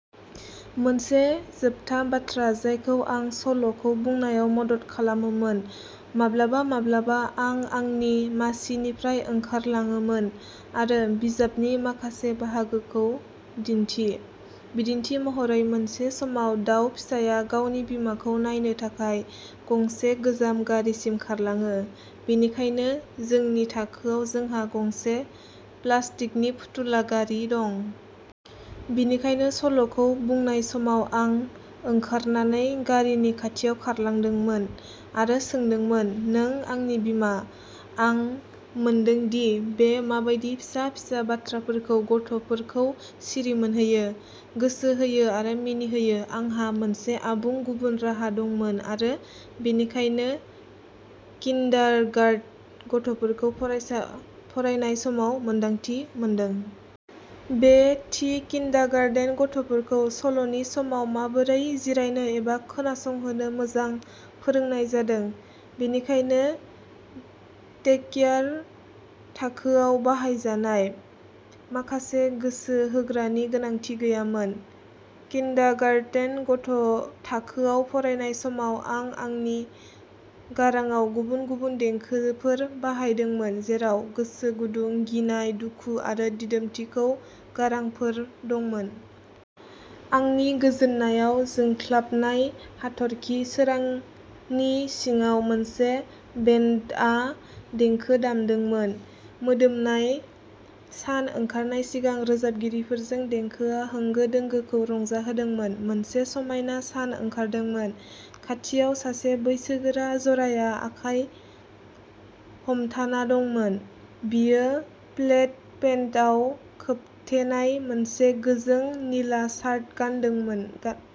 मोनसे जोबथा बाथ्रा जायखौ आं सल'खौ बुंनायाव मदद खालामोमोन, माब्लाबा-माब्लाबा, आं आंनि मासिनिफ्राय ओंखारलाङोमोन, आरो बिजाबनि मोनसे बाहागोखौ दिन्थि। बिदिन्थि महरै, मोनसे समाव दाउ फिसाया गावनि बिमाखौ नायनो थाखाय गंसे गोजाम गारिसिम खारलाङो; बेनिखायनो जोंनि थाखोयाव, जोंहा गंसे प्लास्टिकनि फुथुला गारि दं। बेनिखायनो सल'खौ बुंनाय समाव, आं ओंखारनानै गारिनि खाथियाव खारलांदोंमोन, आरो सोंदोंमोन "नों, आंनि बिमा? " आं मोनदों दि बे बायदि फिसा-फिसा बाथ्राफोरा गथ'फोरखौ सिरिमोनहोयो, गोसो होयो आरो मिनिहोयो। आंहा मोनसे आबुङै गुबुन राहा दंमोन, आरो बेनिखायनो किन्डारगार्टेन गथ'फोरखौ फरायनाय समाव मोन्दांथि मोनदों। बे थि किन्डारगार्टेन थाखोखौ सल'नि समाव माबोरै जिरायनो आरो खोनासंनो मोजाङै फोरोंनाय जादों, बेनिखायनो डेकेयार थाखोआव बाहायजानाय माखासे गोसो होग्रानि गोनांथि गैयामोन। किन्डारगार्टेन थाखोयाव फरायनाय समाव, आं आंनि गारांआव गुबुन-गुबुन देंखोफोर बाहायदोंमोन, जेराव गोसो गुदुं, गिनांगौ, दुखु आरो दिदोमथिनि गारांफोर दंमोन। आंनि गोजोननायाव, जोंख्लाबनाय हाथरखि सोरांनि सिङाव मोनसे बेन्डआ देंखो दामदोंमोन। मोदाननाय सान ओंखारनायनि सिगां रोजाबगिरिफोरजों देंखोआ होंगो-दोंगोखौ रंजाहोदोंमोन। मोनसे समायना सान ओंखारदोंमोन। खाथियाव, सासे बैसोगोरा जराआ आखाइ हमथाना दंमोन। बियो, प्लेड पेन्टआव खोबथेनाय मोनसे गोजों निला शार्ट गाननायमोन।